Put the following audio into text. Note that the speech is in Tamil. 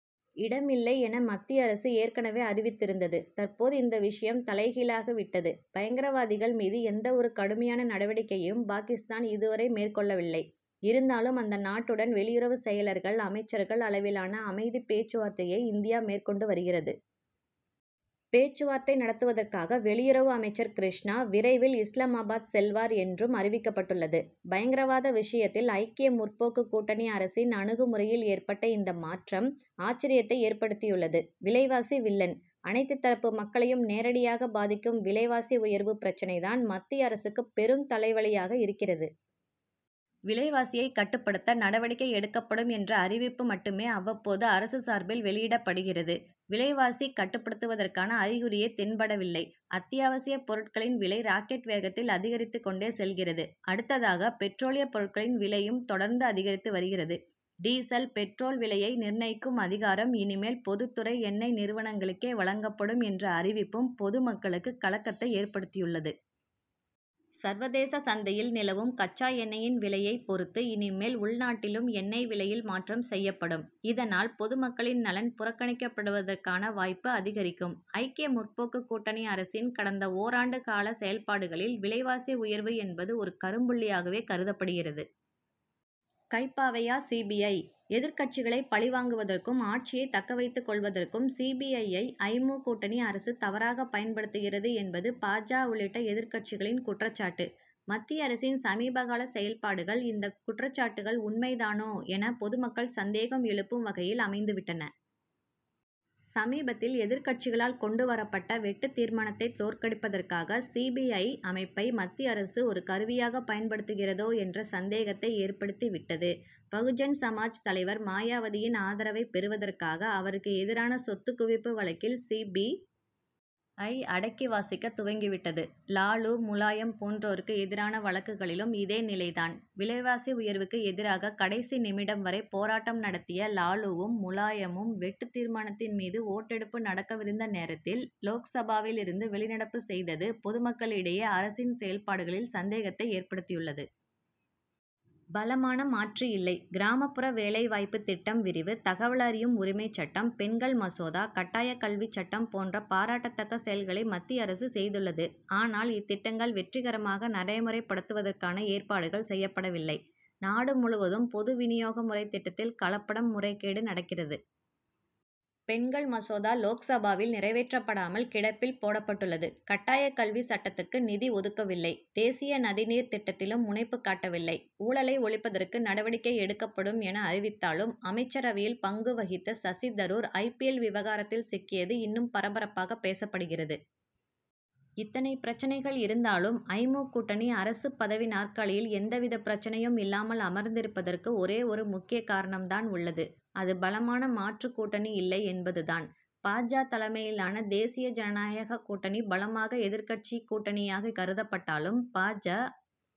இடம் இல்லை'என, மத்திய அரசு ஏற்கனவே அறிவித்து இருந்தது. தற்போது இந்த விஷயம் தலைகீழாக விட்டது. பயங்கரவாதிகள் மீது எந்த ஒரு கடுமையான நடவடிக்கையையும் பாகிஸ்தான் இதுவரை மேற்கொள்ளவில்லை. இருந்தாலும், அந்த நாட்டுடன் வெளியுறவு செயலர்கள், அமைச்சர்கள் அளவிலான அமைதி பேச்சுவார்த்தையை இந்தியா மேற்கொண்டு வருகிறது. பேச்சுவார்த்தை நடத்துவதற்காக வெளியுறவு அமைச்சர் கிருஷ்ணா, விரைவில் இஸ்லாமாபாத் செல்வார் என்றும் அறிவிக்கப்பட்டுள்ளது. பயங்கரவாத விஷயத்தில் ஐக்கிய முற்போக்கு கூட்டணி அரசின் அணுகுமுறையில் ஏற்பட்ட இந்த மாற்றம், ஆச்சர்யத்தை ஏற்படுத்தியுள்ளது. விலைவாசி வில்லன்: அனைத்து தரப்பு மக்களையும் நேரடியாக பாதிக்கும் விலைவாசி உயர்வு பிரச்னை தான், மத்திய அரசுக்கு பெரும் தலைவலியாக இருக்கிறது. விலைவாசியை கட்டுப்படுத்த நடவடிக்கை எடுக்கப்படும் என்ற அறிவிப்பு மட்டுமே, அவ்வப்போது அரசு சார்பில் வெளியிடப்படுகிறது. விலைவாசி கட்டுப்படுத்தப் படுவதற்கான அறிகுறியே தென்படவில்லை. அத்தியாவசியப் பொருட்களின் விலை ராக்கெட் வேகத்தில் அதிகரித்துக் கொண்டே செல்கிறது. அடுத்ததாக, பெட்ரோலிய பொருட்களின் விலையும் தொடர்ந்து அதிகரித்து வருகிறது. டீசல், பெட்ரோல் விலையை நிர்ணயிக்கும் அதிகாரம், இனிமேல் பொதுத் துறை எண்ணெய் நிறுவனங்களுக்கே வழங்கப்படும் என்ற அறிவிப்பும், பொதுமக்களுக்கு கலக்கத்தை ஏற்படுத்தியுள்ளது. சர்வதேச சந்தையில் நிலவும் கச்சா எண்ணெயின் விலையை பொறுத்தே, இனிமேல் உள்நாட்டிலும் எண்ணெய் விலையில் மாற்றம் செய்யப்படும். இதனால், பொதுமக்களின் நலன் புறக்கணிக்கப்படுவதற்கான வாய்ப்பு அதிகரிக்கும். ஐக்கிய முற்போக்கு கூட்டணி அரசின் கடந்த ஓராண்டு கால செயல்பாடுகளில், விலைவாசி உயர்வு என்பது ஒரு கரும்புள்ளியாகவே கருதப்படுகிறது. கைப்பாவையா சி. பி. ஐ.,? எதிர்க்கட்சிகளை பழி வாங்குவதற்கும், ஆட்சியை தக்க வைத்துக் கொள்வதற்கும் சி. பி. ஐ.,யை ஐ. மு., கூட்டணி அரசு தவறாக பயன்படுத்துகிறது'என்பது பா. ஜ., உள்ளிட்ட எதிர்க்கட்சிகளின் குற்றச் சாட்டு. மத்திய அரசின் சமீபகால செயல்பாடுகள், இந்த குற்றச்சாட்டுகள் உண்மைதானோ என, பொதுமக்கள் சந்தேகம் எழுப்பும் வகையில் அமைந்து விட்டன. சமீபத்தில் எதிர்க்கட்சிகளால் கொண்டு வரப்பட்ட வெட்டுத் தீர்மானத்தை தோற்கடிப்பதற்காக, சி. பி. ஐ., அமைப்பை மத்திய அரசு ஒரு கருவியாக பயன்படுத்துகிறதோ என்ற சந்தேகத்தை ஏற்படுத்தி விட்டது. பகுஜன் சமாஜ் தலைவர் மாயாவதியின் ஆதரவை பெறுவதற்காக, அவருக்கு எதிரான சொத்துக் குவிப்பு வழக்கில் சி. பி. ஐ., அடக்கி வாசிக்கத் துவங்கி விட்டது. லாலு, முலாயம் போன்றோருக்கு எதிரான வழக்குகளிலும் இதே நிலை தான். விலைவாசி உயர்வுக்கு எதிராக கடைசி நிமிடம் வரை, போராட்டம் நடத்திய லாலுவும், முலாயமும், வெட்டுத் தீர்மானத்தின் மீது ஓட்டெடுப்பு நடக்கவிருந்த நேரத்தில் லோக்சபாவில் இருந்து வெளிநடப்பு செய்தது, பொதுமக்களிடையே அரசின் செயல்பாடுகளில் சந்தேகத்தை ஏற்படுத்தியுள்ளது. பலமான மாற்று இல்லை: கிராமப்புற வேலை வாய்ப்பு திட்டம் விரிவு, தகவல் அறியும் உரிமைச் சட்டம், பெண்கள் மசோதா, கட்டாய கல்வி சட்டம் போன்ற பாராட்டத் தக்க செயல்களை மத்திய அரசு செய்துள்ளது. ஆனால், இத்திட்டங்கள் வெற்றிகரமாக நடைமுறைப்படுத்துவதற்கான ஏற்பாடுகள் செய்யப்படவில்லை. நாடு முழுவதும் பொது வினியோக முறை திட்டத்தில் கலப்படம், முறைகேடு நடக்கிறது. பெண்கள் மசோதா லோக்சபாவில் நிறைவேற்றப்படாமல் கிடப்பில் போடபட்டுள்ளது. கட்டாய கல்வி சட்டத்துக்கு நிதி ஒதுக்கவில்லை. தேசிய நதி நீர் திட்டத்திலும் முனைப்பு காட்டவில்லை. ஊழலை ஒழிப்பதற்கு நடவடிக்கை எடுக்கப்படும் என, அறிவித்தாலும், அமைச்சரவையில் பங்கு வகித்த Shashi Tharoor, I. P. L., விவகாரத்தில் சிக்கியது இன்னும் பரபரப்பாக பேசப்படுகிறது. இத்தனை பிரச்சனைகள் இருந்தாலும், ஐ. மு., கூட்டணி அரசு பதவி நாற்காலியில் எந்த வித பிரச்சனையும் இல்லாமல் அமர்ந்திருப்பதற்கு ஒரே ஒரு முக்கிய காரணம் தான் உள்ளது. அது பலமான மாற்று கூட்டணி இல்லை என்பது தான். பா. ஜ., தலைமையிலான தேசிய ஜனநாயக கூட்டணி பலமாக எதிர்க்கட்சி கூட்டணியாக கருதப்பட்டாலும், பா. ஜ.